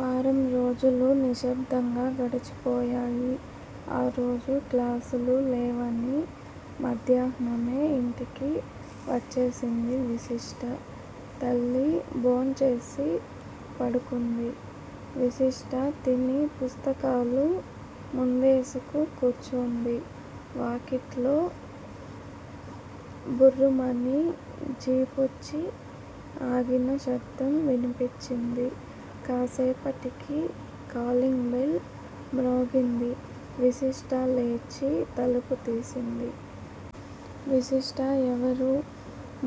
వారం రోజులు నిశ్శబ్దంగా గడిచిపోయాయి. ఆ రోజు క్లాసులు లేవని మధ్యాహ్నమే ఇంటికి వచ్చేసింది విశిష్ట. తల్లి భోంచేసి పడుకుంది. విశిష్ట తిని పుస్తకాలు ముందేసుకు కూర్చొంది. వాకిట్లో బుర్రుమని జీపొచ్చి ఆగిన శబ్దం వినిపించింది. కాస్సేపటికి కాలింగ్ బెల్ మ్రోగింది. విశిష్ట లేచి తలుపు తీసింది. విశిష్ట ఎవరు?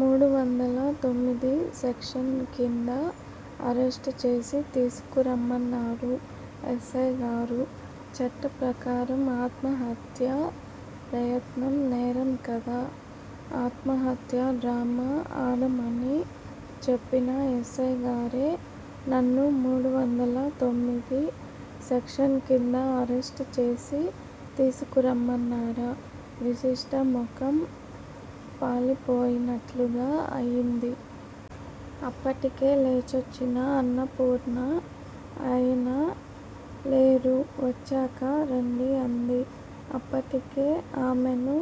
మూడు వందల తొమ్మిది సెక్షన్ కింద అరెస్ట్ చేసి తీసుకురమన్నారు ఎస్సైగారు! చట్ట ప్రకారం ఆత్మహత్యా ప్రయత్నం నేరంకదా? ఆత్మహత్యా డ్రామా ఆడమని చెప్పిన ఎస్సైగారే నన్ను మూడు వందల తొమ్మిది సెక్షన్ కింద అరెస్ట్ చేసి తీసుకురమ్మన్నారా? విశిష్ట ముఖం పాలిపోయి నట్లుగా అయింది. అప్పటికే లేచొచ్చిన అన్నపూర్ణ ఆయన లేరు! వచ్చాక రండి అంది. అప్పటికే ఆమెను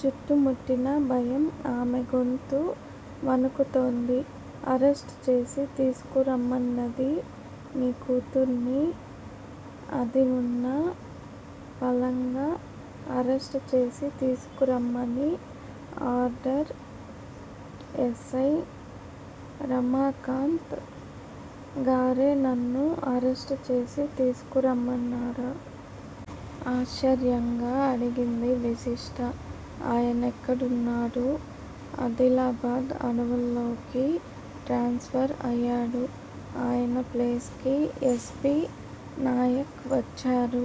చుట్టుముట్టిన భయం ఆమె గొంతు వణుకుతోంది. అరెస్ట్ చేసి తీసుకురమ్మన్నది నీ కూతుర్ని. అదీ వున్న పళంగా అరెస్ట్ చేసి తీసుకురమ్మని ఆర్డర్. ఎస్సై రమాకాంత్ గారే నన్ను అరెస్ట్ చేసి తీసుకురమ్మన్నారా? ఆశ్చర్యంగా అడిగింది విశిష్ట. ఆయనెక్కడున్నాడు? అదిలాబాద్ అడవుల్లోకి ట్రాన్స్ ఫర్ అయ్యాడు. ఆయన ప్లేస్ కి ఎస్. పి. నాయక్ వచ్చారు.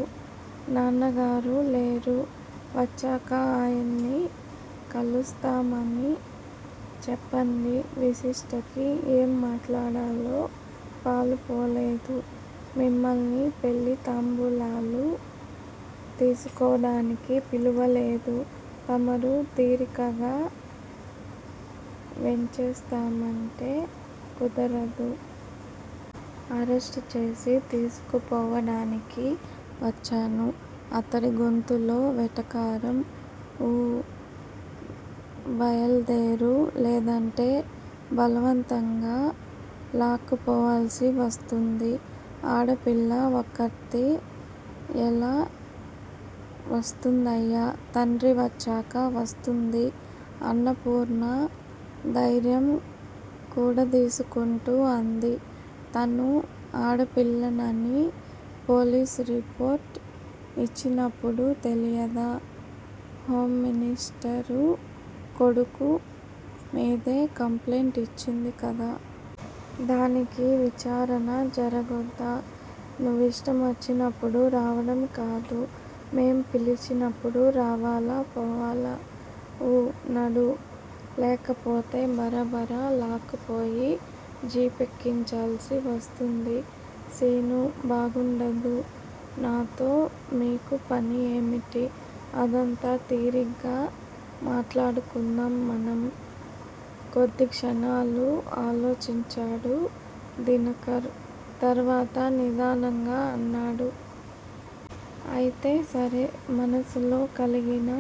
నాన్నగారు లేరు! వచ్చాక ఆయన్ని కలుస్తామని చెప్పండి విశిష్టకి ఏం మాట్లాడాలో పాలుపోలేదు. మిమ్మల్ని పెళ్ళి తాంబూలాలు తీసుకోడానికి పిలువలేదు. తమరు తీరికగా వేంచేస్తామంటే కుదరదు. అరెస్ట్ చేసి తీసుకుపోవడానికి వచ్చాను. అతడి గొంతులో వెటకారం. ఊ! బయల్దేరు లేదంటే బలవంతంగా లాక్కుపోవాల్సి వస్తుంది. ఆడపిల్ల ఒక్కతీ ఎలా వస్తుందయ్యా? తండ్రి వచ్చాక వస్తుంది అన్నపూర్ణ ధైర్యం కూడదీసుకుంటూ అంది. తను ఆడపిల్లనని పోలీసు రిపోర్ట్ యిచ్చినప్పుడు తెలియదా? హోంమినిస్టరు కొడుకు మీదే కంప్లైంట్ ఇచ్చింది కదా? దానికి విచారణ జరగొద్దా? నువ్విష్టమొచ్చినప్పుడు రావడంకాదు. మేం పిలిచినప్పుడు రావాలా పోవాల. ఊ నడూ లేకపోతే బరబర లాక్కుపోయి జీపెక్కించాల్సి వస్తుంది. సీను బాగుండదు. నాతో మీకు పని ఏమిటి? అదంతా తీరిగ్గా మాట్లాడుకుందాం మనం! కొద్ది క్షణాలు ఆలోచించాడు దినకర్. తర్వాత నిదానంగా అన్నాడు. అయితే సరే! మనసులో కలిగిన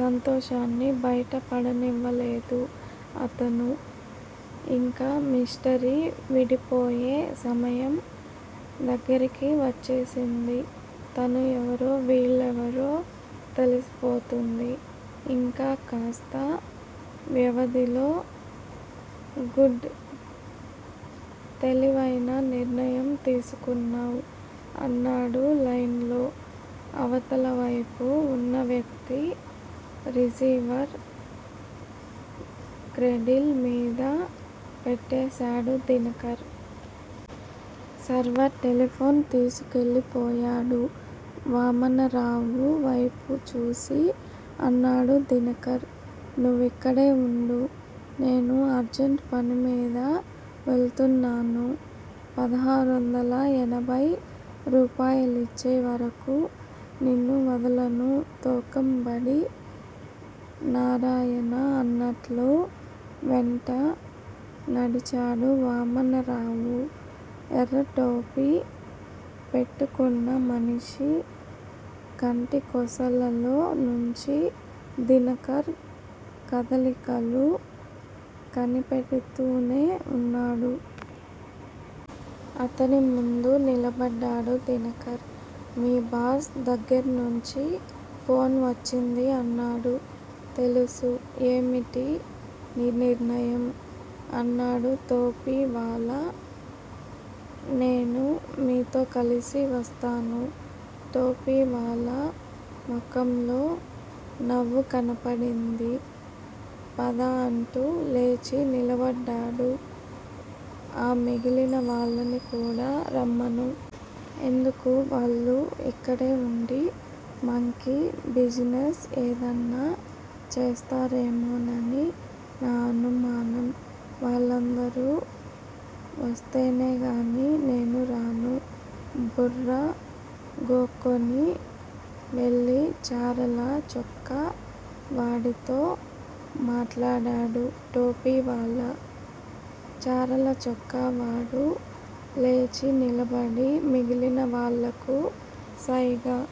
సంతోషాన్ని బయట పడనివ్వలేదు అతను. ఇంక మిస్టరీ విడిపోయే సమయం దగ్గరికి వచ్చేసింది. తను ఎవరో, వీళ్ళెవరో తెలిసిపోతుంది ఇంక కాస్త వ్యవధిలో. గుడ్! తెలివైన నిర్ణయం తీసుకున్నావ్! అన్నాడు లైన్లో అవతలవైపు ఉన్న వ్యక్తి. రిసీవర్ క్రేడిల్ మీద పెట్టేశాడు దినకర్. సర్వర్ టెలిఫోన్ తీసుకెళ్ళిపోయాడు. వామనరావు వైపు చూసి అన్నాడు దినకర్. నువ్విక్కడే వుండు! నేను అర్జెంట్ పనిమీద వెళుతున్నాను. పదహారొందల ఎనభై రూపాయలిచ్చే వరకు నిన్ను వదలను తోకంబడి నారాయణ అన్నట్లు వెంట నడిచాడు వామనరావు. ఎర్రటోపీ పెట్టుకున్న మనిషి కంటి కొసలలో నుంచి దినకర్ కదలికలు కనిపెడుతూనే వున్నాడు. అతని ముందు నిలబడ్డాడు దినకర్. మీ బాస్ దగ్గర్నుంచి ఫోన్ వచ్చింది అన్నాడు. తెలుసు ఏమిటి నీ నిర్ణయం? అన్నాడు టోపీ వాలా. నేను మీతో కలిసి వస్తాను. టోపీవాలా ముఖంలో నవ్వు కనబడింది. పద! అంటూ లేచి నిలబడ్డాడు. ఆ మిగిలిన వాళ్ళని కూడా రమ్మను. ఎందుకు? వాళ్ళు ఇక్కడే వుండి మంకీ బిజినెస్ ఏదన్నా చేస్తారేమోనని నా అనుమానం! వాళ్ళందరూ వస్తేనేగానీ నేను రాను. బుర్ర గోక్కొని వెళ్ళి చారల చొక్కా వాడితో మాట్లాడాడు టోపీ వాలా. చారల చొక్కావాడు లేచి నిలబడి మిగిలిన వాళ్ళకు సైగ